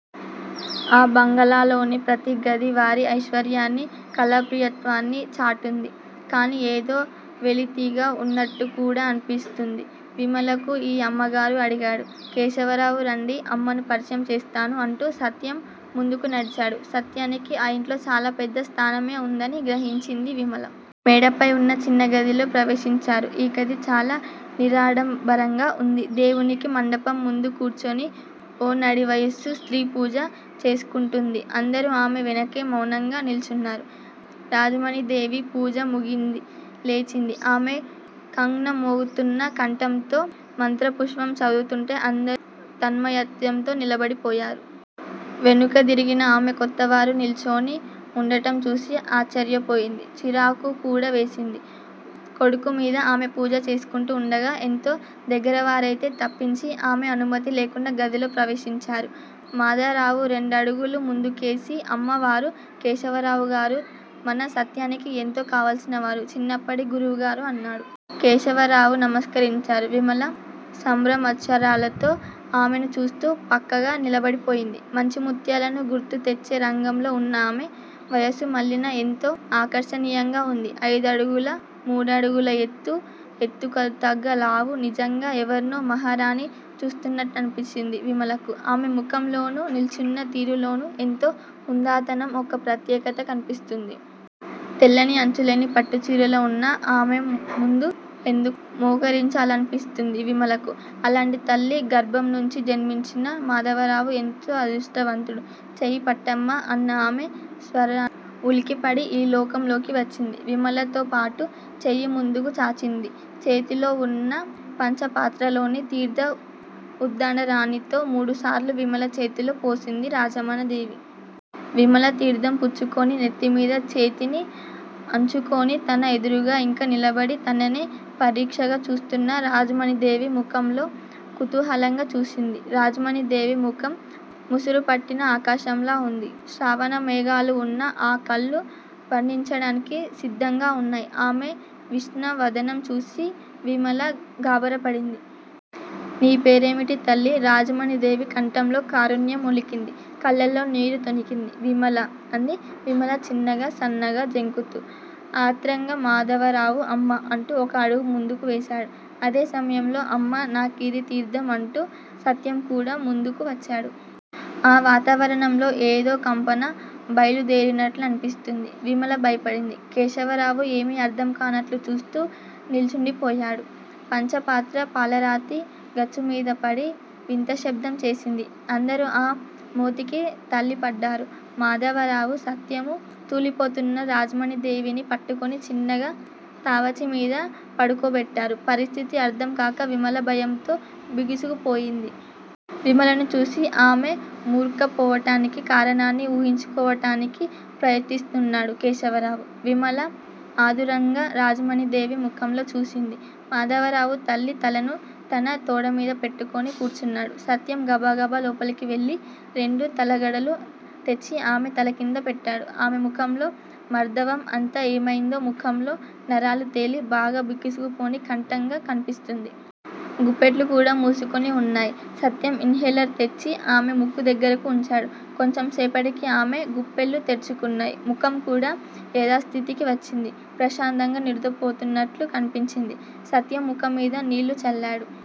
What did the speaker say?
ఆ బంగళాలోని ప్రతీ గదీ వారి ఐశ్వర్యాన్ని, కళాప్రియత్వాన్నీ చాటుతోంది. కాని ఏదో వెలితిగా వున్నట్టుకూడా అనిపించింది విమలకు. మీ అమ్మగారు? అడిగాడు కేశవరావు. రండి అమ్మను పరిచయం చేస్తాను అంటూ సత్యం ముందుకు నడిచాడు. సత్యానికి ఆ ఇంట్లో చాలా పెద్ద స్థానమే ఉందని గ్రహించింది విమల. మేడపైన ఉన్న చిన్నగదిలో ప్రవేశించారు. ఈ గది చాలా నిరాడంబరంగా ఉంది. దేవుడి మండపం ముందు కూర్చొని ఓ నడివయస్సు స్త్రీ పూజ చేసుకుంటోంది. అందరూ ఆమె వెనకే మౌనంగా నిల్చున్నారు. రాజమణీదేవి పూజ ముగించి లేచింది. ఆమె ఖంగ్ న మ్రోగుతున్న కంఠంతో మంత్రపుష్పం చదువుతుంటే అందరూ తన్మయత్వంతో నిలబడిపోయారు. వెనుదిరిగిన ఆమె, కొత్తవారు నిల్చొని ఉండటంచూసి ఆశ్చర్యపోయింది. చిరాకుకూడా వేసింది కొడుకుమీద. ఆమె పూజ చేసుకుంటూ ఉండగా ఎంతో దగ్గరవారైతే తప్పించి ఆమె అనుమతి లేకుండా గదిలో ప్రవేశించరు. మాధవరావు రెండడుగులు ముందుకువేసి అమ్మా! వారు కేశవరావుగారు. మన సత్యానికి ఎంతో కావల్సినవారు. చిన్నప్పటి గురువుగారు అన్నాడు. కేశవరావుగారు నమస్కరించారు. విమల సంభ్రమాశ్చరలతో ఆమెనుచూస్తూ పక్కగా నిలబడిపోయింది. మంచి ముత్యాలను గుర్తుకుతెచ్చే రంగులో ఉన్న ఆమె, వయస్సుమళ్ళినా ఎంతో ఆకర్షణీయంగా ఉంది. ఐదు అడుగుల మూడంగుళాల ఎత్తు, ఎత్తుకుతగ్గ లావూ, నిజంగా ఎవర్నో మహారాణిని చూస్తున్నట్లనిపించింది విమలకు. ఆమె ముఖంలోనూ, నిల్చున్న తీరులోనూ ఎంతో హుందాతనం, ఒక ప్రత్యేకత కనిపిస్తున్నాయి. తెల్లని అంచులేని పట్టుచీరలో ఉన్న ఆమెముందు ఎందుకో మోకరించాలనిపించింది విమలకు. అలాంటి తల్లి గర్భంనుంచి జన్మించిన మాధవరావు ఎంత అదృష్టవంతుడు! చెయ్యి పట్టమ్మా! అన్న ఆమె స్వరానికి ఉలిక్కిపడి ఈ లోకంలోకి వచ్చింది విమల. తొట్రుపాటుతో చెయ్యి ముందుకు చాచింది. చేతిలోవున్న పంచపాత్రలోని తీర్ధం ఉద్డనరాణితో మూడుసార్లు విమల చేతిలో పోసింది రాజమణీదేవి. విమల తీర్ధం పుచ్చుకొని నెత్తిమీద చేతిని అంచుకొని తన ఎదురుగా ఇంకా నిలబడి తననే పరీక్షగా చూస్తున్న రాజమణీదేవి ముఖంలోకి కుతూహలంగా చూసింది. రాజమణీదేవి ముఖం ముసురుపట్టిన ఆకాశంలా ఉంది. శ్రావణమేఘాలలా ఉన్న ఆ కళ్ళు వర్షించటానికి సిద్ధంగా ఉన్నాయి. ఆమె విషణ్ణ వదనం చూసిన విమల గాబరాపడింది. నీ పేరేమిటి తల్లీ? రాజమణీదేవి కంఠంలో కారుణ్యం ఒలికింది, కళ్ళలో నీరు తొణికింది. విమల! అంది విమల చిన్నగా, సన్నగా, జంకుతూ. ఆత్రంగా మాధవరావు అమ్మా! అంటూ ఒక అడుగు ముందుకు వేశాడు. అదే సమయంలో అమ్మా! నాకేదీ తీర్ధం? అంటూ సత్యంకూడా ముందుకు వచ్చాడు. ఆ వాతావరణంలో ఏదో కంపన బయలుదేరినట్లనిపించి విమల భయపడింది. కేశవరావు ఏమీ అర్ధంకానట్లు చూస్తూ నిల్చుండిపోయాడు. పంచపాత్ర పాలరాతి గచ్చుమీద పడి వింతశబ్దం చేసింది. అందరూ ఆ మోతకి తళ్ళిపడ్డారు. మాధవరావూ, సత్యమూ తూలిపోతున్న రాజమణీదేవిని పట్టుకొని చిన్నగా తివాచీమీద పడుకోబెట్టారు. పరిస్థితి అర్ధంకాక విమల భయంతో బిగుసుకొనిపోయింది. విమలను చూసి ఆమె మూర్ఛపోవటానికి కారణాన్ని ఊహించుకోవటానికి ప్రయత్నిస్తూన్నాడు కేశవరావు. విమల ఆదుర్దాగా రాజమణీదేవి ముఖంలోకి చూసింది. మాధవరావు తల్లి తలను తన తొడమీద పెట్టుకొని కూర్చున్నాడు. సత్యం గబగబా లోపలకువెళ్ళి రెండు తలగడలు తెచ్చి ఆమె తలకింద పెట్టాడు. ఆమె ముఖంలో మార్దవం అంతా ఏమయిందో- ముఖంలో నరాలు తేలి, బాగా బిగుసుకొని కంఠంగా కనిపిస్తుంది. గుప్పెట్లుకూడా మూసుకొని ఉన్నాయి. సత్యం ఇన్ హేలర్ తెచ్చి ఆమె ముక్కుదగ్గర ఉంచాడు. కొంచెం సేపటికి ఆమె గుప్పెళ్ళు తెరుచుకున్నాయి ముఖంకూడా యధాస్థితికి వచ్చింది. ప్రశాంతంగా నిద్రపోతున్నట్లు కనిపించింది. సత్యం ముఖంమీద నీళ్ళు చల్లాడు.